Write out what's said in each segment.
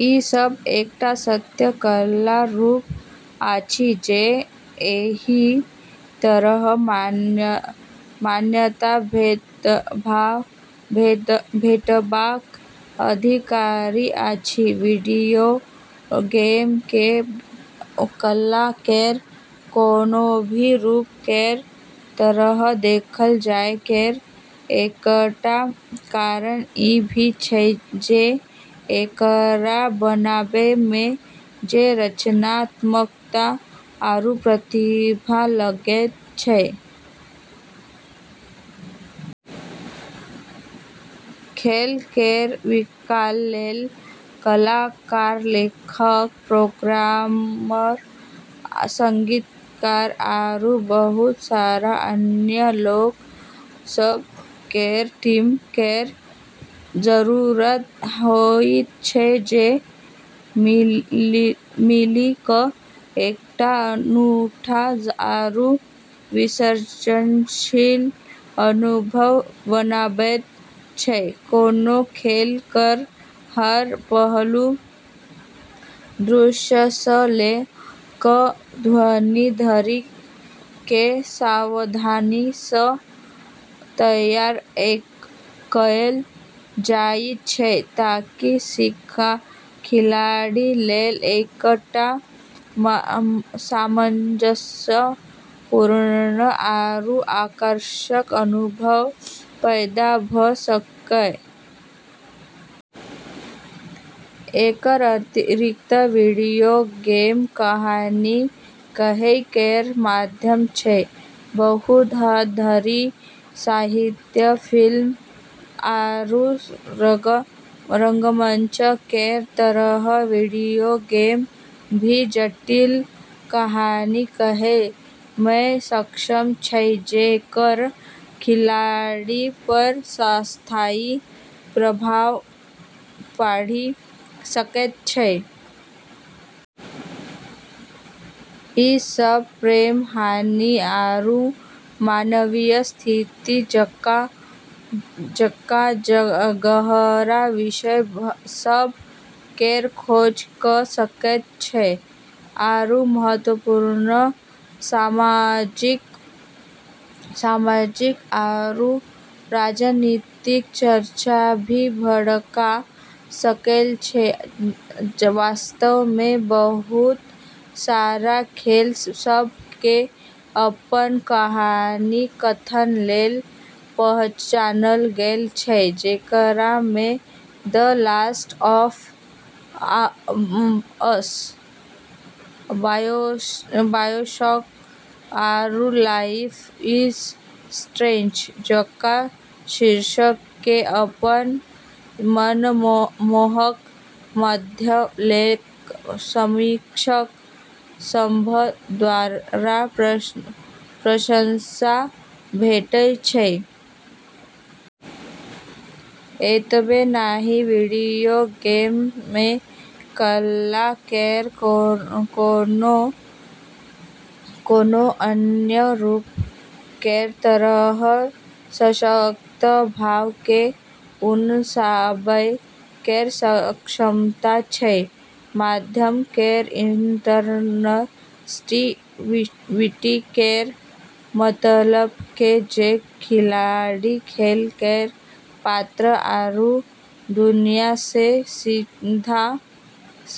ई सब एकटा सत्य कला रूप अछि जे एहि तरहेँ मान्यता भेटबाक अधिकारी अछि। वीडियो गेम केँ कला केर कोनो भी रूप केर तरह देखल जाए केर एकटा कारण ई भी छै जे एकरा बनाबै मे जे रचनात्मकता आरू प्रतिभा लगैत छै। खेल केर विकास लेल कलाकार, लेखक, प्रोग्रामर, संगीतकार, आरू बहुत सारा अन्य लोक सभ केर टीम केर जरूरत होइत छै जे मिलि कऽ एकटा अनूठा आरू विसर्जनशील अनुभव बनाबैत छै। कोनो खेल केर हर पहलू, दृश्य सँ लऽ कऽ ध्वनि धरि केँ सावधानी सँ तैयार कएल जाइत छै ताकि खिलाड़ी लेल एकटा सामंजस्यपूर्ण आरू आकर्षक अनुभव पैदा भऽ सकै। एकर अतिरिक्त वीडियो गेम कहानी कहै केर माध्यम छै। बहुत हद धरि साहित्य, फिल्म, आरू रंगमंच केर तरह वीडियो गेम भी जटिल कहानी कहै मे सक्षम छै जेकर खिलाड़ी पर स्थायी प्रभाव पड़ि सकैत छै। ई सब प्रेम, हानि, आरू मानवीय स्थिति जकाँ गहरा विषय सभ केर खोज कऽ सकैत छै, आरू महत्वपूर्ण सामाजिक आरू राजनीतिक चर्चा भी भड़का सकैत छै। वास्तव मे, बहुत सारा खेल सभ केँ अपन कहानी कथन लेल पहचानल गेल छै, जेकरा मे "The Last of Us", "BioShock", आरू "लाइफ इज स्ट्रेंज" जकाँ शीर्षक केँ अपन मनमोहक कथ्य लेल समीक्षक सभ द्वारा प्रशंसा भेटल छै। एतबे नहि, वीडियो गेम मे कला केर कोनो अन्य रूप केर तरह सशक्त भाव केँ उकसाबै केर क्षमता छै। माध्यम केर इंटरएक्टिविटी केर मतलब छै जे खिलाड़ी खेल केर पात्र आरू दुनिया सँ सीधा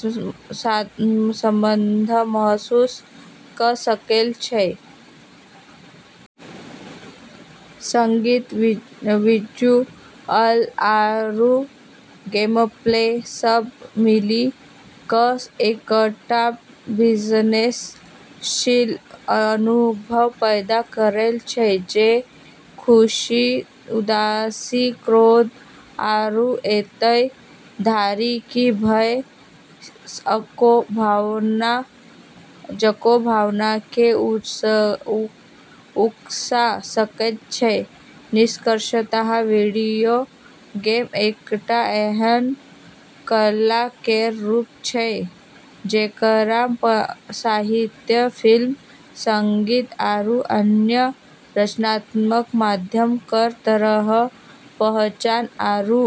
संबंध महसूस कऽ सकैत छै। संगीत, विजुअल, आरू गेमप्ले सब मिलि कऽ एकटा विसर्जनशील अनुभव पैदा करैत छै जे खुशी, उदासी, क्रोध, आरू एतय धरि कि भय जकाँ भावना केँ उकसा सकैत छै। निष्कर्षतः वीडियो गेम एकटा एहन कला केर रूप छै जेकरा साहित्य, फिल्म, संगीत, आरू अन्य रचनात्मक माध्यम केर तरह पहचान आरू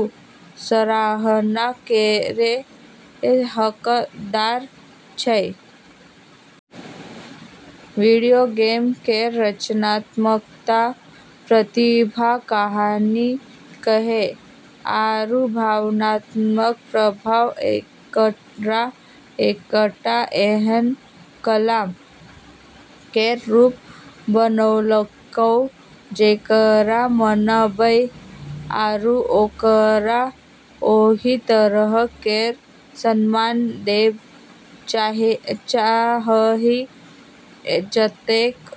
सराहना केर हकदार छै। वीडियो गेम केर रचनात्मकता, प्रतिभा, कहानी कहै, आरू भावनात्मक प्रभाव एकरा एकटा एहन कला केर रूप बनौलकै जेकरा मनाबै आरू ओकरा ओहि तरह केर सम्मान देब चाहही जतेक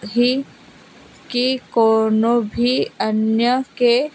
कि कोनो भी अन्य केँ।